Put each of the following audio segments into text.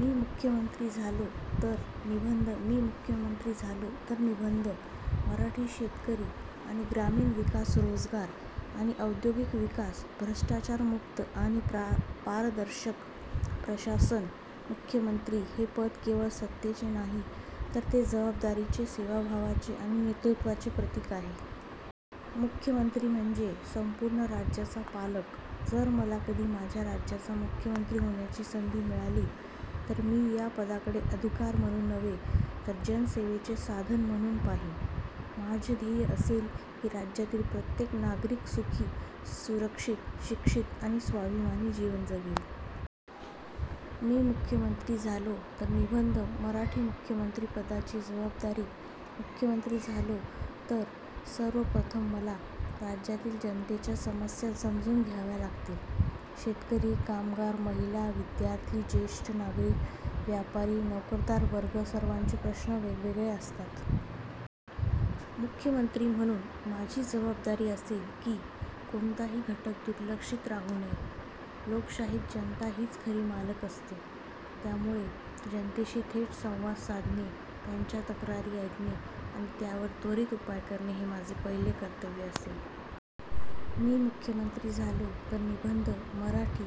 मी मुख्यमंत्री झालो तर निबंध मी मुख्यमंत्री झालो तर निबंध मराठी शेतकरी आणि ग्रामीण विकास रोजगार आणि औद्योगिक विकास भ्रष्टाचारमुक्त आणि पारदर्शक प्रशासन मुख्यमंत्री हे पद केवळ सत्तेचे नाही, तर ते जबाबदारीचे, सेवाभावाचे आणि नेतृत्वाचे प्रतीक आहे. मुख्यमंत्री म्हणजे संपूर्ण राज्याचा पालक. जर मला कधी माझ्या राज्याचा मुख्यमंत्री होण्याची संधी मिळाली, तर मी या पदाकडे अधिकार म्हणून नव्हे, तर जनसेवेचे साधन म्हणून पाहीन. माझे ध्येय असेल की राज्यातील प्रत्येक नागरिक सुखी, सुरक्षित, शिक्षित आणि स्वाभिमानी जीवन जगेल. मी मुख्यमंत्री झालो तर निबंध मराठी मुख्यमंत्री पदाची जबाबदारी मुख्यमंत्री झालो तर सर्वप्रथम मला राज्यातील जनतेच्या समस्या समजून घ्याव्या लागतील. शेतकरी, कामगार, महिला, विद्यार्थी, ज्येष्ठ नागरिक, व्यापारी, नोकरदार वर्ग, सर्वांचे प्रश्न वेगवेगळे असतात. मुख्यमंत्री म्हणून माझी जबाबदारी असेल की कोणताही घटक दुर्लक्षित राहू नये. लोकशाहीत जनता हीच खरी मालक असते, त्यामुळे जनतेशी थेट संवाद साधणे, त्यांच्या तक्रारी ऐकणे आणि त्यावर त्वरित उपाय करणे हे माझे पहिले कर्तव्य असेल. मी मुख्यमंत्री झालो तर निबंध मराठी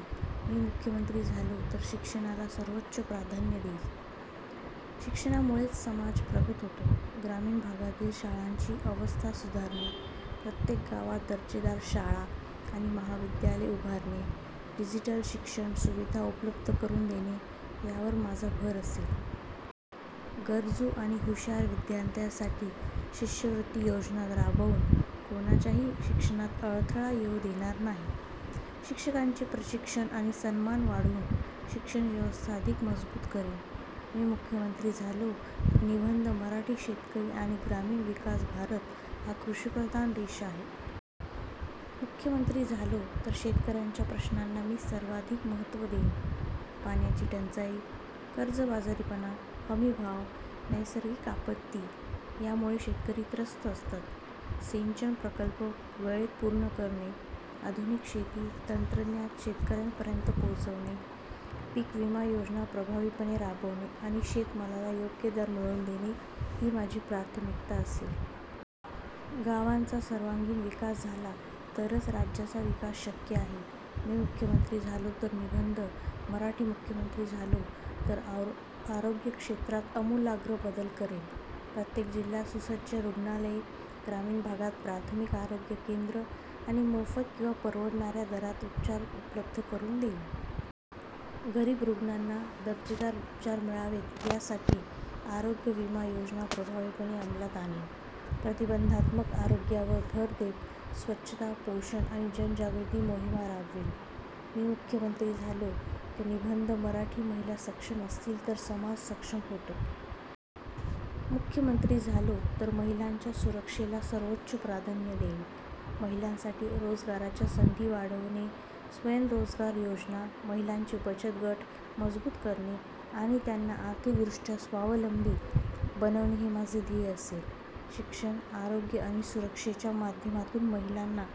मी मुख्यमंत्री झालो तर शिक्षणाला सर्वोच्च प्राधान्य देईन. शिक्षणामुळेच समाज प्रगत होतो. ग्रामीण भागातील शाळांची अवस्था सुधारणे, प्रत्येक गावात दर्जेदार शाळा आणि महाविद्यालये उभारणे, डिजिटल शिक्षण सुविधा उपलब्ध करून देणे यावर माझा भर असेल. गरजू आणि हुशार विद्यार्थ्यांसाठी शिष्यवृत्ती योजना राबवून कोणाच्याही शिक्षणात अडथळा येऊ देणार नाही. शिक्षकांचे प्रशिक्षण आणि सन्मान वाढवून शिक्षणव्यवस्था अधिक मजबूत करेन. मी मुख्यमंत्री झालो तर निबंध मराठी शेतकरी आणि ग्रामीण विकास भारत हा कृषिप्रधान देश आहे. मुख्यमंत्री झालो तर शेतकऱ्यांच्या प्रश्नांना मी सर्वाधिक महत्त्व देईन. पाण्याची टंचाई, कर्जबाजारीपणा, हमीभाव, नैसर्गिक आपत्ती यामुळे शेतकरी त्रस्त असतात. सिंचन प्रकल्प वेळेत पूर्ण करणे, आधुनिक शेती तंत्रज्ञान शेतकऱ्यांपर्यंत पोहोचवणे, पीक विमा योजना प्रभावीपणे राबवणे आणि शेतमालाला योग्य दर मिळवून देणे ही माझी प्राथमिकता असेल. गावांचा सर्वांगीण विकास झाला तरच राज्याचा विकास शक्य आहे. मी मुख्यमंत्री झालो तर निबंध मराठी मुख्यमंत्री झालो तर आरोग्य क्षेत्रात आमूलाग्र बदल करेन. प्रत्येक जिल्ह्यात सुसज्ज रुग्णालये, ग्रामीण भागात प्राथमिक आरोग्य केंद्रे आणि मोफत किंवा परवडणाऱ्या दरात उपचार उपलब्ध करून देईन. गरीब रुग्णांना दर्जेदार उपचार मिळावेत यासाठी आरोग्य विमा योजना प्रभावीपणे अंमलात आणेन. प्रतिबंधात्मक आरोग्यावर भर देत स्वच्छता, पोषण आणि जनजागृती मोहिमा राबवेन. मी मुख्यमंत्री झालो तर निबंध मराठी महिला सक्षम असतील तर समाज सक्षम होतो. मुख्यमंत्री झालो तर महिलांच्या सुरक्षेला सर्वोच्च प्राधान्य देईन. महिलांसाठी रोजगाराच्या संधी वाढवणे, स्वयंरोजगार योजना, महिलांचे बचत गट मजबूत करणे आणि त्यांना आर्थिकदृष्ट्या स्वावलंबी बनवणे हे माझे ध्येय असेल. शिक्षण, आरोग्य आणि सुरक्षेच्या माध्यमातून महिलांना